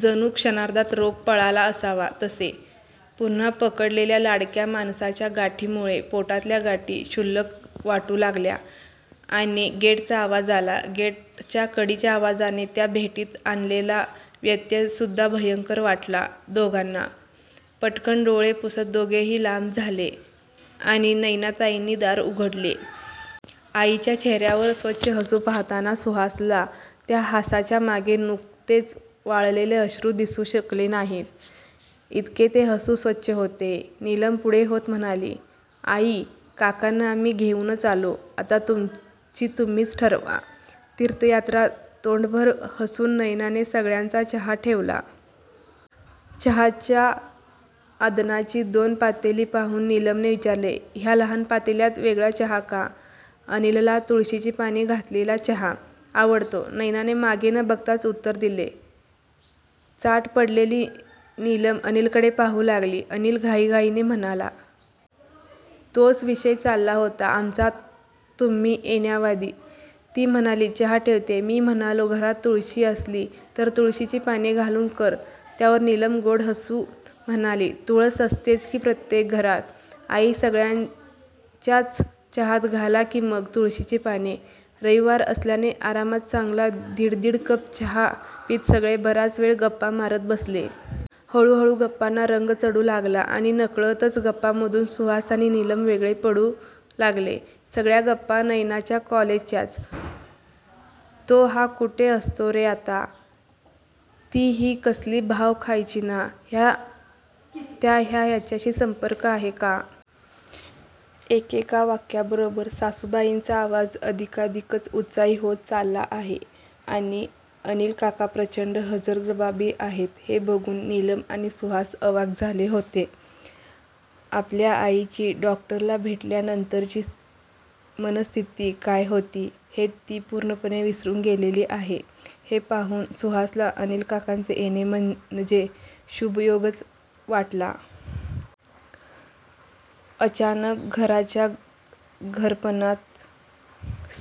जणू क्षणार्धात रोग पळाला असावा तसे! पुन्हा पडलेल्या लाडक्या माणसाच्या गाठीमुळे पोटातल्या गाठी क्षुल्लक वाटू लागल्या. आणि गेटचा आवाज आला. गेटच्या कडीच्या आवाजाने त्या भेटीत आणलेला व्यत्ययसुद्धा भयंकर वाटला दोघांना! पटकन् डोळे पुसत दोघेही लांब झाले आणि नयनाताईंनी दार उघडले. आईच्या चेहर्यावर स्वच्छ हसू पाहताना सुहासला त्या हासाच्या मागे नुकतेच वाळलेले अश्रू दिसू शकले नाहीत, इतके ते हसू स्वच्छ होते. निलम पुढे होत म्हणाली. "आई, काकांना आम्ही घेऊनच आलो. आता तुमची तुम्हीच ठरवा तीर्थयात्रा"तोंडभर हसून नयनाने सगळ्यांचा चहा ठेवला. चहाच्या आधणाची दोन पातेली पाहून निलमने विचारले. ह्या लहान पातेल्यात वेगळा चहा का? ""अनिलला तुळशीची पाने घातलेला चहा आवडतो"नयनाने मागे न बघताच उत्तर दिले. चाट पडलेली निलम अनिलकडे पाहू लागली. अनिल घाईघाईने म्हणाला. "तोच विषय चालला होता आमचा तुम्ही येण्याआधी! ती म्हणाली चहा ठेवते, मी म्हणालो घरात तुळशी असली तर तुळशीची पाने घालून कर"त्यावर निलम गोड हसून म्हणाली. "तुळस असतेच की प्रत्येक घरात. आई, सगळ्यांच्याच चहात घाला की मग तुळशीची पाने"रविवार असल्याने आरामात चांगला दिड दिड कप चहा पीत सगळे बराच वेळ गप्पा मारत बसले. हळूहळू गप्पांना रंग चढू लागला आणि नकळतच गप्पांमधून सुहास आणि निलम वेगळे पडू लागले. सगळ्या गप्पा नयनाच्या कॉलेजच्याच! तो हा कुठे असतो रे आता? ती ही कसली भाव खायची ना? त्या ह्याच्याशी संपर्क आहे का? एकेका वाक्याबरोबर सासूबाईंचा आवाज अधिकाधिकच उत्साही होत चालला आहे आणि अनिलकाका प्रचंड हजरजबाबी आहेत हे बघून निलम आणि सुहास अवाक झाले होते. आपल्या आईची डॉक्टरला भेटल्यानंतरची मनस्थिती काय होती हे ती पूर्णपणे विसरून गेलेली आहे हे पाहून सुहासला अनिल काकांचे येणे म्हणजे शुभयोगच वाटला. अचानक 'घराच्या घरपणात'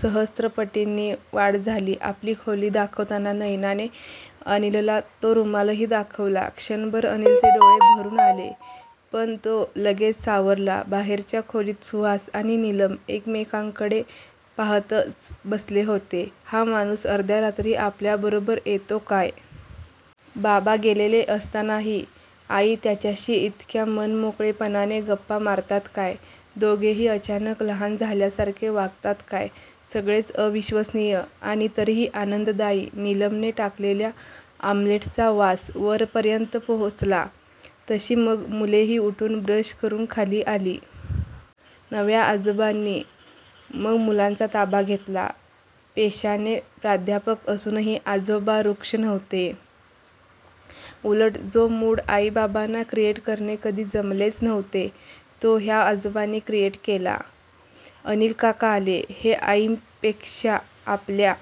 सहस्त्रपटींनी वाढ झाली. आपली खोली दाखवताना नयनाने अनिलला तो रुमालही दाखवला. क्षणभर अनिलचे डोळे भरून आले. पण तो लगेच सावरला. बाहेरच्या खोलीत सुहास आणि निलम एकमेकांकडे पाहातच बसले होते. हा माणूस अर्ध्या रात्री आपल्याबरोबर येतो काय? बाबा गेलेले असतानाही आई त्याच्याशी इतक्या मनमोकळेपणाने गप्पा मारतात काय? दोघेही अचानक लहान झाल्यासारखे वागतात काय! सगळेच अविश्वसनीय आणि तरीही आनंददायी! निलमने टाकलेल्या ऑम्लेट्सचा वास वरपर्यंत पोचला तशी मग मुलेही उठून, ब्रश करून खाली आली. नव्या आजोबांनी मग मुलांचा ताबा घेतला. पेशाने प्राध्यापक असूनही आजोबा रुक्ष नव्हते. उलट जो मूड आई बाबांना क्रिएट करणे कधी जमलेच नव्हते तो ह्या आजोबांनी क्रिएट केला. अनिल काका आले हे आईंपेक्षा आपल्या